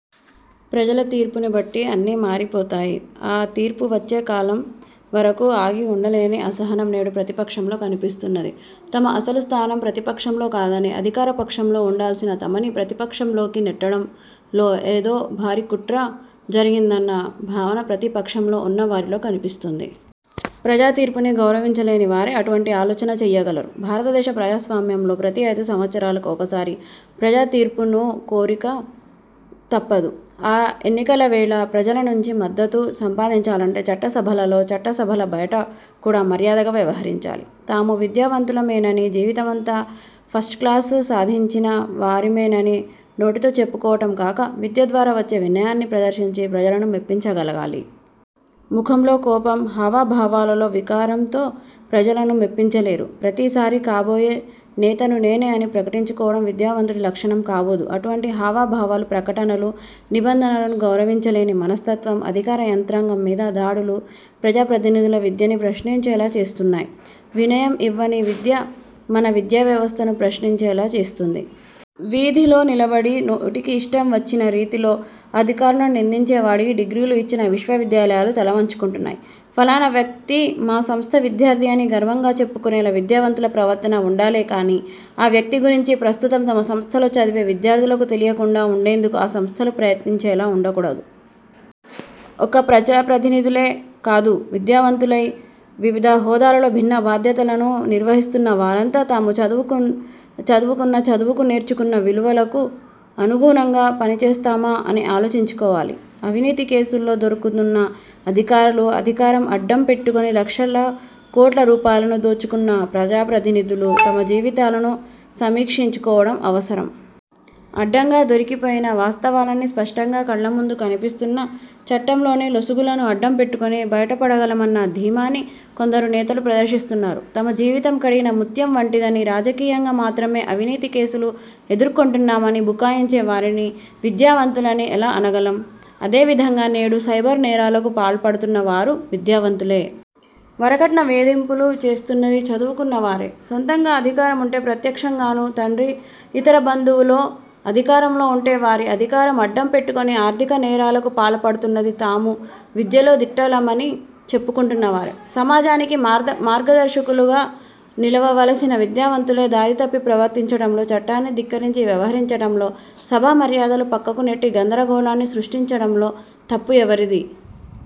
ప్రజల తీర్పును బట్టి అన్నీ మారిపోతాయి. ఆ తీర్పు వచ్చే కాలం వరకు ఆగి వుండలేని అసహనం నేడు ప్రతిపక్షంలో కనిపిస్తున్నది. తమ అసలు స్థానం ప్రతిపక్షంలో కాదని అధికార పక్షంలో వుండాల్సిన తమని ప్రతిపక్షంలోకి నెట్టడంలో ఏదో భారీ కుట్ర జరిగిందన్న భావన ప్రతిపక్షంలో ఉన్న వారిలో కనిపిస్తున్నది. ప్రజా తీర్పుని గౌరవించలేని వారే అటువంటి ఆలోచన చెయ్యగలరు. భారతదేశ ప్రజాస్వామ్యంలో ప్రతి ఐదు సంవత్సరాలకు ఒకసారి ప్రజా తీర్పును కోరక తప్పదు. ఆ ఎన్నికల వేళ ప్రజల నుంచి మద్దతు సంపాదించాలంటే చట్టసభలలో, చట్టసభల బయట కూడా మర్యాదగా వ్యవహరించాలి. తాము విద్యావంతులమేనని, జీవితమంతా ఫస్ట్క్లాస్ సాధించిన వారిమేనని నోటితో చెప్పుకోవటం కాక, విద్య ద్వారా వచ్చే వినయాన్ని ప్రదర్శించి, ప్రజలను మెప్పించగలగాలి. ముఖంలో కోపం, హావభావాలలో వికారంతో ప్రజలను మెప్పించలేరు. ప్రతిసారి కాబోయే నేతను నేనే అని ప్రకటించుకోవటం విద్యావంతుడి లక్షణం కాబోదు. అటువంటి హావభావాలు, ప్రకటనలు, నిబంధనలను గౌరవించలేని మనస్తత్వం, అధికార యంత్రాంగం మీద దాడులు ప్రజాప్రతినిధుల విద్యని ప్రశ్నించేలా చేస్తున్నాయి. వినయం యివ్వని విద్య మన విద్యావ్యవస్థను ప్రశ్నించేలా చేస్తుంది. వీధిలో నిలబడి నోటికి యిష్టం వచ్చిన రీతిలో అధికారులను నిందించే వారికి డిగ్రీలు ఇచ్చిన విశ్వవిద్యాలయాలు తలవంచుకుంటున్నాయి. ఫలానా వ్యక్తి మా సంస్థ విద్యార్థి అని గర్వంగా చెప్పుకునేలా విద్యావంతుల ప్రవర్తన వుండాలే కానీ ఆ వ్యక్తి గురించి ప్రస్తుతం తమ సంస్థలో చదివే విద్యార్థులకు తెలియకుండా వుండేందుకు ఆ సంస్థలు ప్రయత్నించేలా వుండకూడదు. ఒక ప్రజాప్రతినిధులే కాదు విద్యావంతులై, వివిధ హోదాలలో భిన్న బాధ్యతలను నిర్వహిస్తున్న వారంతా తాము చదువుకున్న చదువుకు, నేర్చుకున్న విలువలకు అనుగుణంగా పనిచేస్తున్నామా అని ఆలోచించుకోవాలి. అవినీతి కేసుల్లో దొరుకుతున్న అధికారులు, అధికారం అడ్డం పెట్టుకుని లక్షల కోట్ల రూపాయలను దోచుకున్న ప్రజాప్రతినిధులు తమ జీవితాలను సమీక్షించుకోవటం అవసరం. అడ్డంగా దొరికిపోయినా, వాస్తవాలన్నీ స్పష్టంగా కళ్ళముందు కనిపిస్తున్నా చట్టంలోని లొసుగులను అడ్డం పెట్టుకుని బయటపడగలమన్న ధీమాని కొందరు నేతలు ప్రదర్శిస్తున్నారు. తమ జీవితం కడిగిన ముత్యం వంటిదని, రాజకీయంగా మాత్రమే అవినీతి కేసులు ఎదుర్కొంటున్నామని బుకాయించే వారిని విద్యావంతులని ఎలా అనగలం! అదేవిధంగా నేడు సైబర్ నేరాలకు పాల్పడుతున్న వారు విద్యావంతులే. వరకట్న వేధింపులు చేస్తున్నది చదువుకున్న వారే. సొంతగా అధికారం ఉంటే ప్రత్యక్షంగానూ, తండ్రి, ఇతర బంధువులో అధికారంలో ఉంటే వారి అధికారం అడ్డం పెట్టుకుని ఆర్థిక నేరాలకు పాల్పడుతున్నది తాము విద్యలో దిట్టలమని చెప్పుకుంటున్నవారే. సమాజానికి మార్గదర్శకులుగా నిలవవలసిన విద్యావంతులే దారితప్పి ప్రవర్తించటంలో, చట్టాన్ని ధిక్కరించి వ్యవహరించటంలో, సభా మర్యాదలు పక్కకునెట్టి గందరగోళాన్ని సృష్టించటంలో తప్పు ఎవరిది?